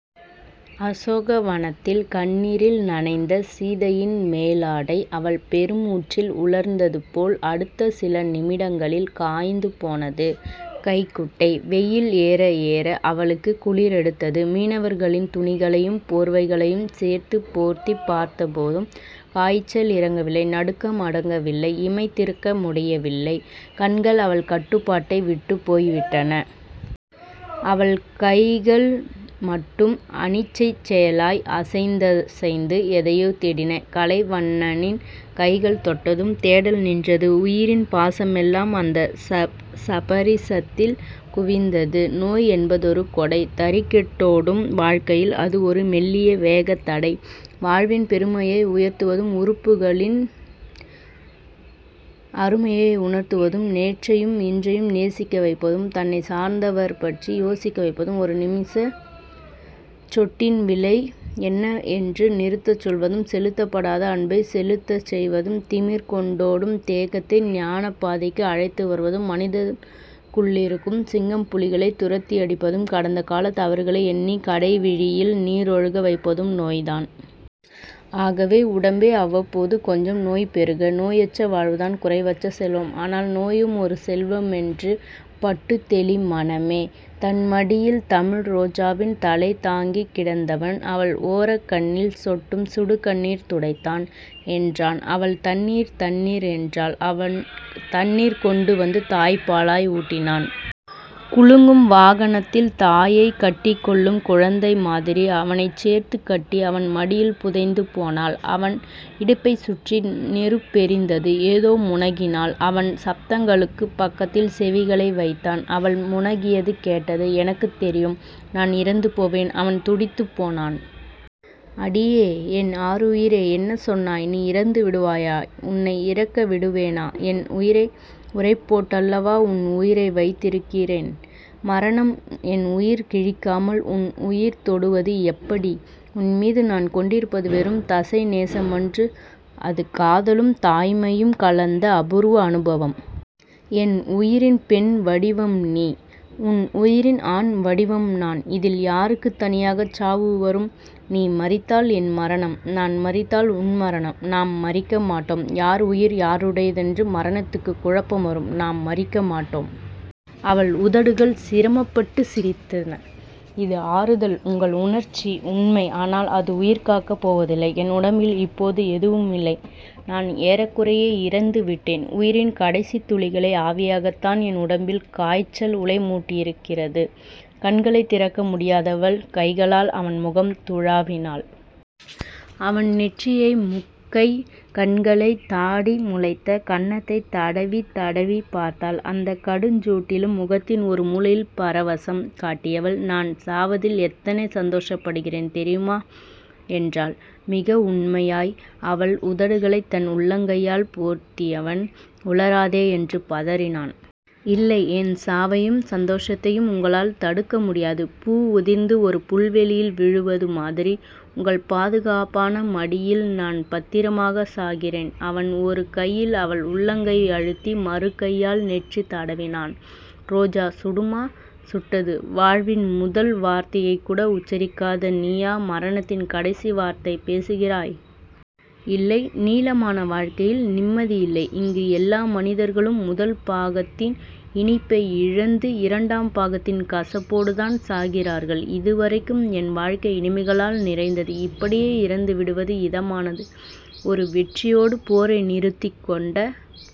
அசோகவனத்தில் கண்ணீரில் நனைந்த சீதையின் மேலாடை அவள் பெருமுச்சில் உலர்ந்ததுபோல், அடுத்த சில நிமிடங்களில் காய்ந்துபோனது கைக்குட்டை. வெயில் ஏறஏற அவளுக்குக் குளிரெடுத்தது. மீனவர்களின் துணிகளையும் போர்வைகளையும் சேர்த்துப் போர்த்திப் பார்த்தபோதும் காய்ச்சல் இறங்கவில்லை. நடுக்கம் அடங்கவில்லை. இமை திறக்க முடியவில்லை. கண்கள் அவள் கட்டுப்பாட்டைவிட்டுப் போய்விட்டன. அவள் கைகள் மட்டும் அனிச்சைச் செயலாய் அசைந்தசைந்து எதையோ தேடின. கலைவண்ணனின் கைகள் தொட்டதும் தேடல் நின்றது. உயிரின் பாசமெல்லாம் அந்த ஸபரிசத்தில் குவிந்தது. நோய் என்பதொரு கொடை. தறிகெட்டோ டும் வாழ்க்கையில் அது ஒரு மெல்லிய வேகத்தடை. வாழ்வின் பெருமையை உயர்த்துவதும் உறுப்புகளின் அருமையை உணர்த்துவதும் நேற்றையும் இன்றையும் நேசிக்க வைப்பதும் தன்னைச் சார்ந்தவர்பற்றி யோசிக்க வைப்பதும் ஒரு நிமிஷச்சொட்டின் விலை என்ன என்று நிறுத்துச் சொல்வதும் செலுத்தப்படாத அன்பைச் செலுத்தச் செய்வதும் திமிர் கொண்டோ டும் தேகத்தை ஞானப்பாதைக்கு அழைத்து வருவதும் மனிதனுக்குள்ளிருக்கும் சிங்கம்புலிகளைத் துரத்தியடிப்பதும் கடந்தகாலத் தவறுகளை எண்ணிக் கடைவிழியில் நீரொழுக வைப்பதும் நோய்தான். ஆகவே உடம்பே. அவ்வப்போது கொஞ்சம் நோய் பெறுக. நோயற்ற வாழ்வுதான் குறைவற்ற செல்வம். ஆனால் நோயும் ஒரு செல்வமென்று பட்டுத்தெளி, மனமே. தன்மடியில் தமிழ்ரோஜாவின் தலைதாங்கிக் கிடந்தவன், அவள் ஒரக்கண்ணில் சொட்டும் சுடுகண்ணீர் துடைத்தான். என்றான். அவள், தண்ணீர். தண்ணீர். என்றாள். அவன் தண்ணீர் கொண்டுவந்து தாய்ப்பாலாய் ஊட்டினான். குலுங்கும் வாகனத்தில் தாயைக்கட்டிக் கொள்ளும் குழந்தைமாதிரி அவனைச் சேர்த்துக் கட்டி, அவன் மடியில் புதைந்து போனாள். அவன் இடுப்பைச் சுற்றி நெருப்பெரிந்தது. ஏதோ முனகினாள். அவன் சப்தங்களுக்குப் பக்கத்தில் செவிகளை வைத்தான். அவள் முனகியது கேட்டது. எனக்குத் தெரியும், நான் இறந்துபோவேன். அவன் துடித்துப் போனான். அடியே. என் ஆருயிரே. என்ன சொன்னாய்? நீ இறந்து விடுவாயா? உன்னை இறக்கவிடுவேனா? என் உயிரை உறைபோட்டல்லவா உன் உயிரை வைத்திருக்கிறேன். மரணம் என் உயிர் கிழிக்காமல் உன் உயிர் தொடுவது எப்படி? உன்மீது நான் கொண்டிருப்பது வெறும் தசைநேசமன்று. அது காதலும் தாய்மையும் கலந்தஅபூர்வ அனுபவம். என் உயிரின் பெண்வடிவம் நீ. உன் உயிரின் ஆண்வடிவம் நான். இதில் யாருக்குத் தனியாகச் சாவு வரும்? நீ மரித்தால் என் மரணம். நான் மரித்தால் உன் மரணம். நாம் மரிக்கமாட்டோ ம். யார் உயிர் யாருடையதென்று மரணத்துக்குக் குழப்பம் வரும். நாம் மரிக்கமாட்டோ ம். அவள் உதடுகள் சிரமப்பட்டுச் சிரித்தன. இது ஆறுதல். உங்கள் உணர்ச்சி உண்மை. ஆனால், அது உயிர்காக்கப் போவதில்லை. என் உடம்பில் இப்போது எதுவுமில்லை. நான் ஏறக்குறைய இறந்துவிட்டேன். உயிரின் கடைசித் துளிகளை ஆவியாக்கத்தான் என் உடம்பில் காய்ச்சல் உலைமுட்டியிருக்கிறது. கண்களைத் திறக்க முடியாதவள் கைகளால் அவன் முகம் துழாவினாள். அவன் நெற்றியை, முக்கை, கண்களை, தாடி முளைத்த கன்னத்தைத் தடவித் தடவிப் பார்த்தாள். அந்தக் கடுஞ்சூட்டிலும் முகத்தின் ஒரு முலையில் பரவசம் காட்டியவள் நான் சாவதில் எத்தனை சந்தோஷப்படுகிறேன் தெரியுமா? என்றாள் மிக உண்மையாய். அவள் உதடுகளைத் தன் உள்ளங்கையால் பொத்தியவன், உளறாதே. என்று பதறினான். இல்லை. என் சாவையும், சந்தோஷத்தையும் உங்களால் தடுக்க முடியாது. பூ உதிர்ந்து ஒரு புல்வெளியில் விழுவது மாதிரி உங்கள் பாதுகாப்பான மடியில் நான் பத்திரமாகச் சாகிறேன். அவன் ஒரு கையில் அவள் உள்ளங்கை அழுத்தி மறுகையால் நெற்றி தடவினான். ரோஜா சுடுமா? சுட்டது. வாழ்வின் முதல் வார்த்தையைக்கூட உச்சரிக்காத நீயா மரணத்தின் கடைசி வார்த்தை பேசுகிறாய்? இல்லை. நீளமான வாழ்க்கையில் நிம்மதி இல்லை. இங்கு எல்லா மனிதர்களும் முதல் பாகத்தின் இனிப்பை இழந்து, இரண்டாம் பாகத்தின் கசப்போடுதான் சாகிறார்கள். இதுவரைக்கும் என் வாழ்க்கை இனிமைகளால் நிறைந்தது. இப்படியே இறந்துவிடுவது இதமானது. ஒரு வெற்றியோடு போரை நிறுத்திக்கொண்ட